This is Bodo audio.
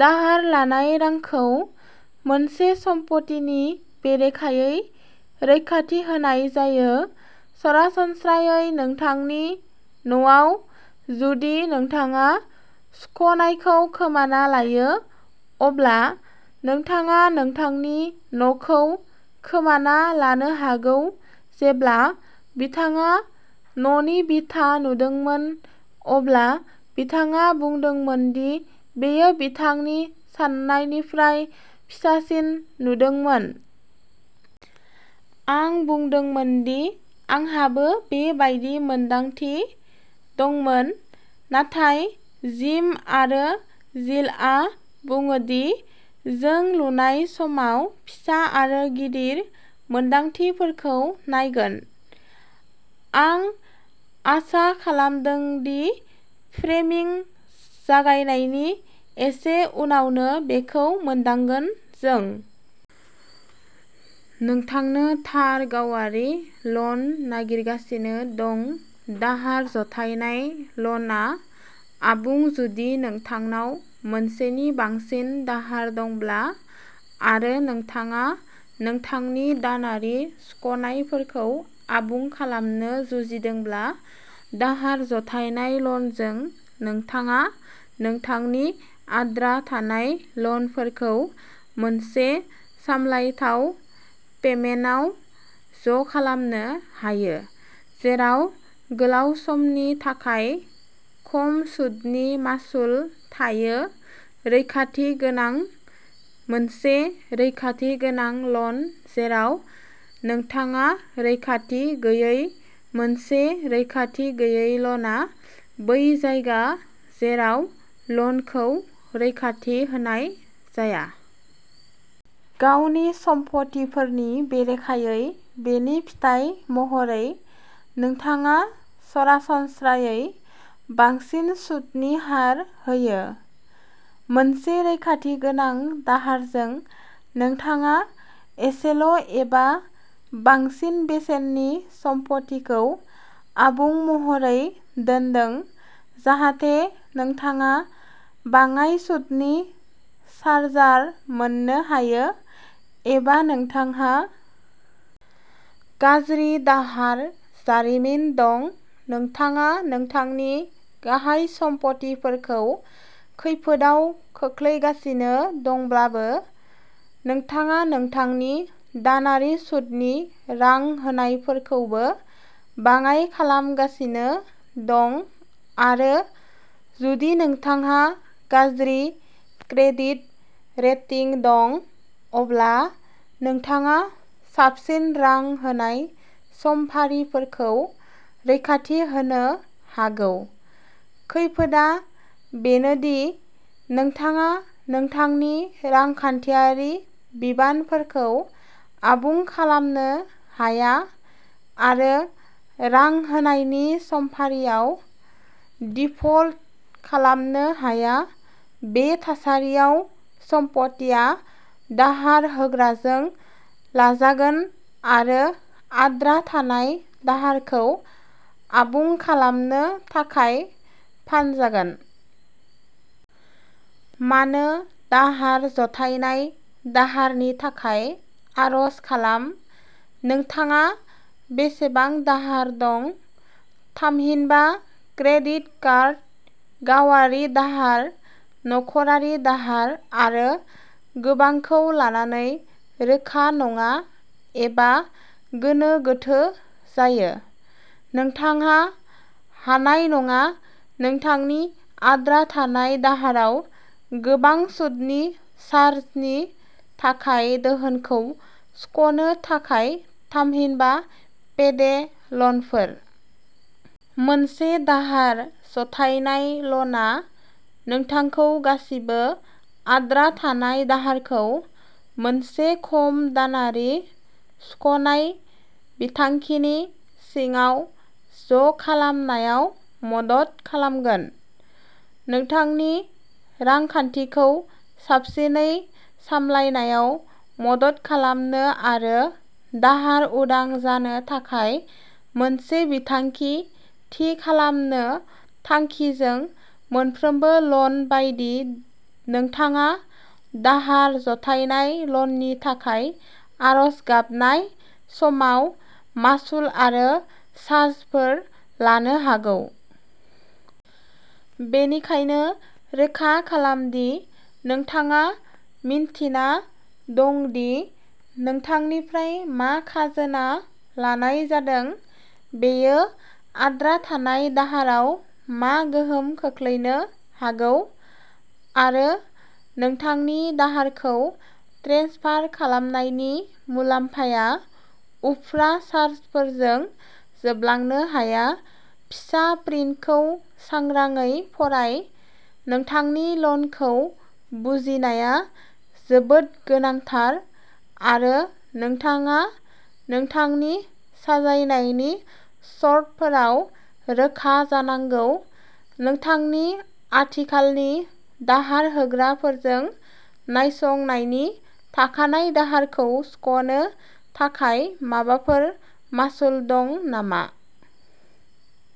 दाहार लानाय रांखौ मोनसे सम्पथिनि बेरेखायै रैखाथि होनाय जायो सरासनस्रायै नोंथांनि न'आव जुदि नोंथाङा सुख'नायखौ खोमाना लायो अब्ला नोंथाङा नोंथांनि न'खौ खोमाना लानो हागौ जेब्ला बिथाङा न'नि बिथा नुदोंमोन अब्ला बिथाङा बुंदोंमोन दि बेयो बिथांनि सान्नायनिफ्राय फिसासिन नुदोंमोन। आं बुंदोंमोन दि आंहाबो बे बायदि मोन्दांथि दंमोन नाथाय जिम आरो जिलआ बुङो दि जों लुनाय समाव फिसा आरो गिदिर मोनदांथिफोरखौ नायगोन। आं आसा खालामदों दि फ्रेमिं जागायनायनि एसे उनावनो बेखौ मोनदांगोन जों नोंथांनो थार गावारि ल'न नागिरगासिनो दं दाहार जथायनाय ल'नआ आबुं जुदि नोंथांनाव मोनसेनि बांसिन दाहार दंब्ला आरो नोंथाङा नोंथांनि दानारि सुख'नायफोरखौ आबुं खालामनो जुजिदोंब्ला दाहार जथायनाय ल'नजों नोंथाङा नोंथांनि आद्रा थानाय ल'नफोरखौ मोनसे सामलायथाव पेमेन्टआव ज'खालामनो हायो जेराव गोलाव समनि थाखाय खम सुतनि मासुल थायो रैखाथि गोनां मोनसे रैखाथि गोनां ल'न जेराव नोंथाङारैखाथि गैयै मोनसे रैखाथि गैयै ल'नआ बै जायगा जेराव ल'नखौ रैखाथि होनाय जाया। गावनि सम्फथिफोरनि बेरेखायै बेनि फिथाय महरै नोंथाङा सरासनस्रायै बांसिन सुतनि हार होयो। मोनसे रैखाथि गोनां दाहारजों नोंथाङा एसेल'एबा बांसिन बेसेननि सम्फथिखौ जामुं महरै दोन्दों जाहाथे नोंथाङा बाङाय सुतनि चार्जार मोननो हायो एबा नोंथांहा गाज्रि दाहार जारिमिन दं नोंथाङा नोंथांनि गाहाय सम्फथिफोरखौ खैफोदआव खोख्लैगासिनो दंब्लाबो नोंथाङा नोंथांनि दानारि सुतनि रां होनायफोरखौबो बाङाइ खालामगासिनो दं आरो जुदि नोंथांहा गाज्रि क्रेडिट रेटिं दं अब्ला नोंथाङा साबसिन रां होनाय समफारिफोरखौ रैखाथि होनो हागौ खैफोदआ बेनो दि नोंथाङा नोंथांनि रांखान्थियारि बिबानफोरखौ आबुं खालामनो हाया आरो रां होनायनि समफारियाव दिफल्ट खालामनो हाया बे थासारियाव सम्फथिया दाहार होग्राजों लाजागोन आरो आद्रा थानाय दाहारखौ आबुं खालामनो थाखाय फानजागोन। मानो दाहार जथायनाय दाहारनि थाखाय आर'ज खालाम नोंथाङा बेसेबां दाहार दं थामहिनबा क्रेडिट कार्ड गावारि दाहार नखरारि दाहार आरो गोबांखौ लानानै रोखा नङा एबा गोनो गोथो जायो। नोंथाङा हानाय नङा नोंथांनि आद्रा थानाय दाहाराव गोबां सुदनि चार्जनि थाखाय धोनखौ सुख'नो थाखाय थामहिनबा पेडे ल'नफोर। मोनसे दाहार जथायनाय ल'नआ नोंथांखौ गासिबो आद्रा थानाय दाहारखौ मोनसे खम दानारि सुख'नाय बिथांखिनि सिङाव ज'खालामनायाव मदद खालामगोन। नोंथांनि रांखान्थिखौ साबसिनै सामलायनायाव मदद खालामनो आरो दाहार उदां जानो थाखाय मोनसे बिथांखि थि खालामनो थांखिजों मोनफ्रोमबो ल'न बायदि नोंथाङा दाहार जथायनाय ल'ननि थाखाय आर'ज गाबनाय समाव मासुल आरो चार्जफोर लानो हागौ। बेनिखायनो रोखा खालाम दि नोंथाङा मिन्थिना दं दि नोंथांनिफ्राय मा खाजोना लानाय जादों बेयो आद्रा थानाय दाहाराव मा गोहोम खोख्लैनो हागौ आरो नोंथांनि दाहारखौ ट्रेन्सफार खालामनायनि मुलाम्फाया उफ्रा चार्जफोरजों जोबलांनो हाया फिसा प्रिन्टखौ सांग्राङै फराय नोंथांनि ल'नखौ बुजिनाया जोबोद गोनांथार आरो नोंथाङा नोंथांनि साजायनायनि सर्तफोराव रोखा जानांगौ नोंथांनि आथिखालनि दाहार होग्राफोरजों नायसंनायनि थाखानाय दाहारखौ सुख'नो थाखाय माबाफोर मासुल दं नामा।